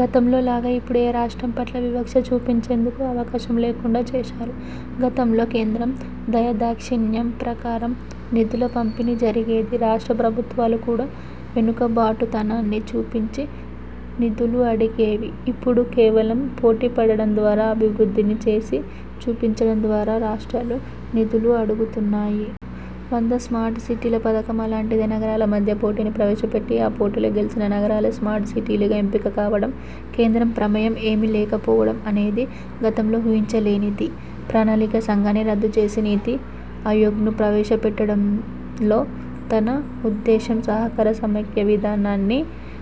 గతంలో లాగా ఇప్పుడు ఏ రాష్ట్రం పట్ల వివక్ష చూపించేందుకు అవకాశం లేకుండా చేశారు. గతంలో కేంద్రం దయాదాక్షిణ్యం ప్రకారం నిధుల పంపిణీ జరిగేది. రాష్ట్ర ప్రభుత్వాలు కూడా వెనుకబాటుతనాన్ని చూపించి నిధులు అడిగేవి. ఇప్పుడు కేవలం పోటీపడడం ద్వారా, అభివృద్ధిని చేసి చూపించడం ద్వారా రాష్ట్రాలు నిధులు అడుగుతున్నాయి. వంద స్మార్ట్ సిటీల పథకం అలాంటిదే. నగరాల మధ్య పోటీని ప్రవేశపెట్టి, ఆ పోటీలో గెలిచిన నగరాలే స్మార్ట్ సిటీలుగా ఎంపిక కావడం, కేంద్రం ప్రమేయం ఏమీ లేకపోవడం అనేది గతంలో ఊహించలేనిది. ప్రణాళికా సంఘాన్ని రద్దు చేసి నీతి ఆయోగ్ను ప్రవేశపెట్టడంలో తన ఉద్దేశం సహకార సమాఖ్య విధానాన్ని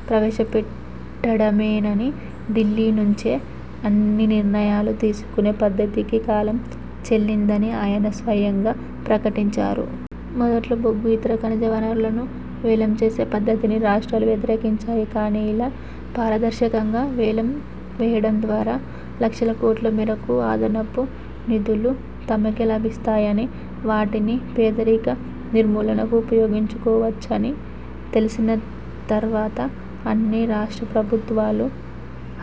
ప్రవేశపెట్టడమేనని, ఢిల్లీ నుంచే అన్ని నిర్ణయాలు తీసుకునే పద్ధతికి కాలం చెల్లిందని ఆయన స్వయంగా ప్రకటించారు. మొదట్లో బొగ్గు, ఇతర ఖనిజ వనరులను వేలం చేసే పద్ధతిని రాష్ట్రాలు వ్యతిరేకించాయి. కాని ఇలా పారదర్శకంగా వేలం వేయడం ద్వారా లక్షల కోట్ల మేరకు అదనపు నిధులు తమకే లభిస్తాయని, వాటిని పేదరిక నిర్మూలనకు ఉపయోగించుకోవచ్చని తెలిసిన తర్వాత అన్ని రాష్ట్ర ప్రభుత్వాలు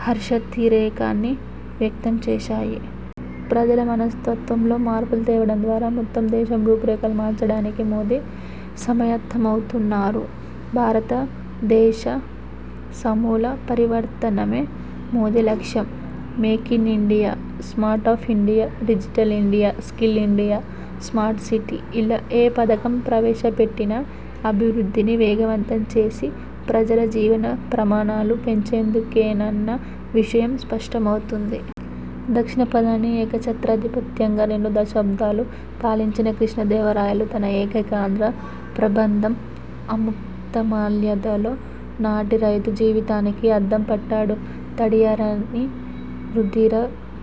హర్షాతిరేకాన్ని వ్యక్తం చేశాయి. ప్రజల మనస్తత్వంలో మార్పులు తేవడం ద్వారా మొత్తం దేశం రూపురేఖలు మార్చడానికి మోదీ సమాయత్తమవుతున్నారు. భారత దేశ సమూల పరివర్తనమే మోదీ లక్ష్యం. Make in India, smart up India, digital India, skill India, smart city ఇలా ఏ పథకం ప్రవేశపెట్టినా, అభివృద్ధిని వేగవంతం చేసి ప్రజల జీవన ప్రమాణాలు పెంచేందుకేనన్న విషయం స్పష్టమవుతోంది. దక్షిణా పథాన్ని ఏకచ్ఛత్రాధిపత్యంగా రెండు దశాబ్దాలు పాలించిన కృష్ణదేవరాయలు తన ఏకైక ఆంధ్ర ప్రబంధం 'ఆముక్తమాల్యద'లో నాటి రైతు జీవితానికి అద్దం పట్టాడు. తడియారని రుధిర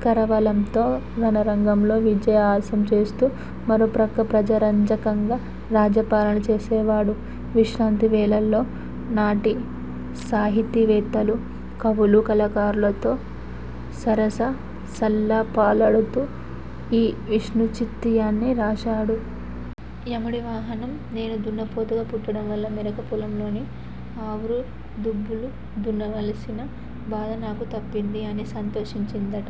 కరవాలంతో రణరంగంలో విజయహాసం చేస్తూ, మరోప్రక్క ప్రజారంజకంగా రాజ్య పాలన చేసేవాడు. విశ్రాంతి వేళల్లో నాటి సాహితీ వేత్తలు, కవులు, కళాకారులతో సరస సల్లాపాలాడుతూ ఈ విష్ణుచిత్తీయాన్ని రాశాడు. యముడి వాహనం- నేను దున్నపోతుగా పుట్టడం వల్ల మెరక పొలంలోని అవురు దుబ్బులు దున్నవలసిన బాధ నాకు తప్పింది అని సంతోషించిందట.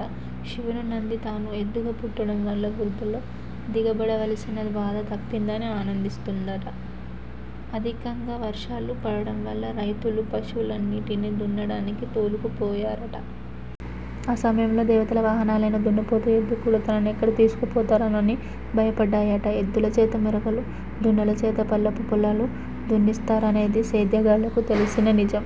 శివుని నంది తాను ఎద్దుగా పుట్టడం వల్ల బురదలో దిగబడవలసిన బాధ తప్పిందని ఆనందిస్తున్నదట. అధికంగా వర్షాలు పడడంవల్ల రైతులు పశువులన్నిటినీ దున్నడానికి తోలుకుపోయారట. ఆ సమయంలో దేవతల వాహనాలయిన దున్నపోతు, ఎద్దు కూడా తమనెక్కడ తీసుకు పొతారోనని భయపడ్డాయట. ఎద్దుల చేత మెరకలు, దున్నల చేత పల్లపుపొలాలూ దున్నిస్తారనేది సేద్యగాళ్లకు తెలిసిన నిజం.